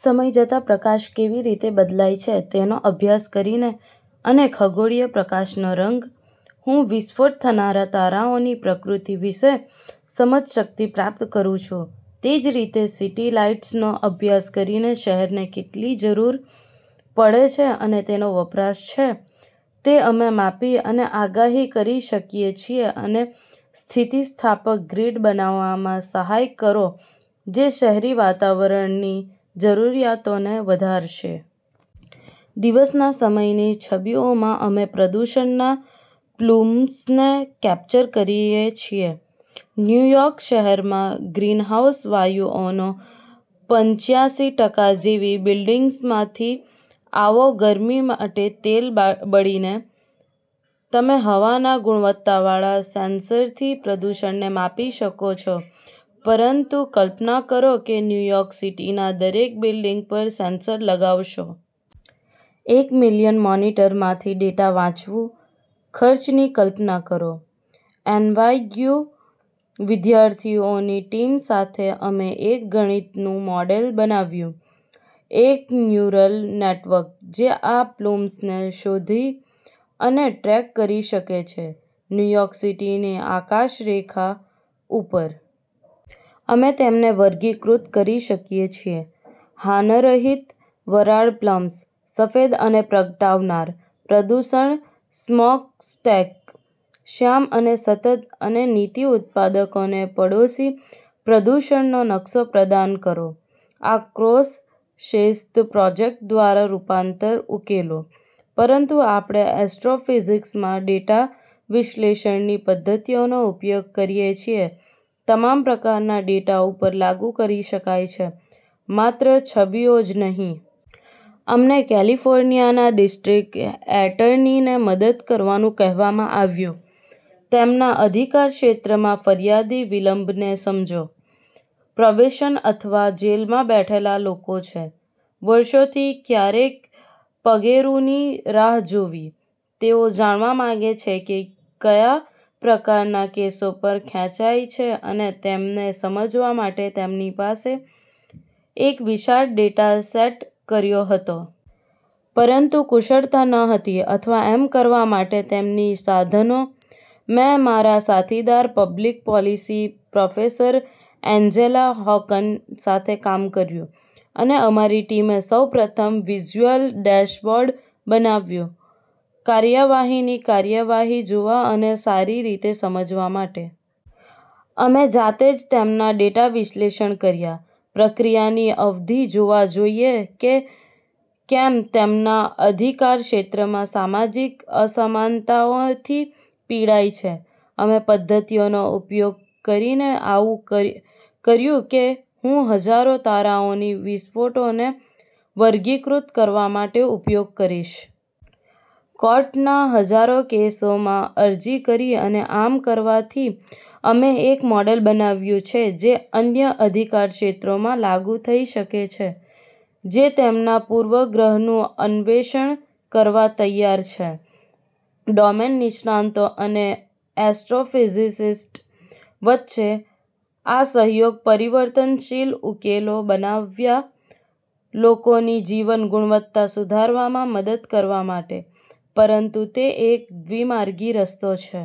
સમય જતાં પ્રકાશ કેવી રીતે બદલાય છે તેનો અભ્યાસ કરીને અને ખગોળીય પ્રકાશનો રંગ, હું વિસ્ફોટ થનારા તારાઓની પ્રકૃતિ વિશે સમજશક્તિ પ્રાપ્ત કરું છું. તે જ રીતે સિટી લાઇટ્સનો અભ્યાસ કરીને શહેરને કેટલી જરૂર પડે છે અને તેનો વપરાશ છે તે અમે માપી અને આગાહી કરી શકીએ છીએ અને સ્થિતિસ્થાપક ગ્રીડ બનાવવામાં સહાય કરો જે શહેરી વાતાવરણની જરૂરિયાતોને વધારશે. દિવસના સમયની છબીઓમાં અમે પ્રદૂષણના પ્લુમ્સને કેપ્ચર કરીએ છીએ. ન્યુ યોર્ક શહેરમાં ગ્રીનહાઉસ વાયુઓનો પંચ્યાશી ટકા જેવી બિલ્ડિંગમાંથી આવો ગરમી માટે તેલ બળીને. તમે હવાના ગુણવત્તાવાળા સેન્સરથી પ્રદૂષણને માપી શકો છો. પરંતુ કલ્પના કરો કે ન્યૂ યોર્ક સિટીના દરેક બિલ્ડિંગ પર સેન્સર લગાવશો. એક મિલિયન મોનિટરમાંથી ડેટા વાંચવું. ખર્ચની કલ્પના કરો. એનવાયયુ વિદ્યાર્થીઓની ટીમ સાથે અમે એક ગણિતનું મોડેલ બનાવ્યું. એક ન્યુરલ નેટવર્ક જે આ પ્લુમ્સને શોધી અને ટ્રેક કરી શકે છે ન્યૂ યોર્ક સિટીની આકાશરેખા ઉપર. અમે તેમને વર્ગીકૃત કરી શકીએ છીએ. હાનરહિત વરાળ પ્લમ્સ, સફેદ અને પ્રગટાવનાર; પ્રદૂષિત સ્મોકસ્ટેક, શ્યામ અને સતત અને નીતિ ઉત્પાદકોને પડોશી પ્રદૂષણનો નકશો પ્રદાન કરો. આ ક્રોસ-શિસ્ત પ્રોજેક્ટ દ્વારા રૂપાંતર ઉકેલો. પરંતુ આપણે એસ્ટ્રોફિઝિક્સમાં ડેટા વિશ્લેષણની પદ્ધતિઓનો ઉપયોગ કરીએ છીએ તમામ પ્રકારના ડેટા પર લાગુ કરી શકાય છે, માત્ર છબીઓ જ નહીં. અમને કેલિફોર્નિયાના ડિસ્ટ્રિક્ટ એટર્નીને મદદ કરવાનું કહેવામાં આવ્યું. તેમના અધિકારક્ષેત્રમાં ફરિયાદી વિલંબને સમજો. પ્રોબેશન પર અથવા જેલમાં બેઠેલા લોકો છે, વર્ષોથી ક્યારેક પગેરુંની રાહ જોવી. તેઓ જાણવા માગે છે કે કયા પ્રકારનાં કેસો પર ખેંચાય છે અને તેને સમજવા માટે તેમની પાસે એક વિશાળ ડેટા સેટ કર્યો હતો. પરંતુ કુશળતા ન હતી અથવા એમ કરવા માટે તેમની સાધનો. મેં મારા સાથીદાર public policy professor Angela Hawken સાથે કામ કર્યું, અને અમારી ટીમે સૌ પ્રથમ વિઝ્યુઅલ ડેશબોર્ડ બનાવ્યું કાર્યવાહીની કાર્યવાહી જોવા અને સારી રીતે સમજવા માટે. અમે જાતે જ તેમના ડેટા વિશ્લેષણ કર્યા. પ્રક્રિયાની અવધિ જોવી જોઈએ કે કેમ તેમના અધિકારક્ષેત્રમાં સામાજિક અસમાનતાઓથી પીડાય છે. અમે પદ્ધતિઓનો ઉપયોગ કરીને આવું કર્યું કે હું હજારો તારાઓની વિસ્ફોટોને વર્ગીકૃત કરવા માટે ઉપયોગ કરીશ. કોર્ટના હજારો કેસોમાં અરજી કરી અને આમ કરવાથી અમે એક મોડેલ બનાવ્યું છે જે અન્ય અધિકારક્ષેત્રોમાં લાગુ થઈ શકે છે જે તેમના પૂર્વગ્રહનું અન્વેષણ કરવા તૈયાર છે. ડોમેન નિષ્ણાતો અને એસ્ટ્રોફિઝિસ્ટ્સ વચ્ચે આ સહયોગ પરિવર્તનશીલ ઉકેલો બનાવ્યાં લોકોની જીવન ગુણવત્તા સુધારવામાં મદદ કરવા માટે. પરંતુ તે એક દ્વિમાર્ગી રસ્તો છે.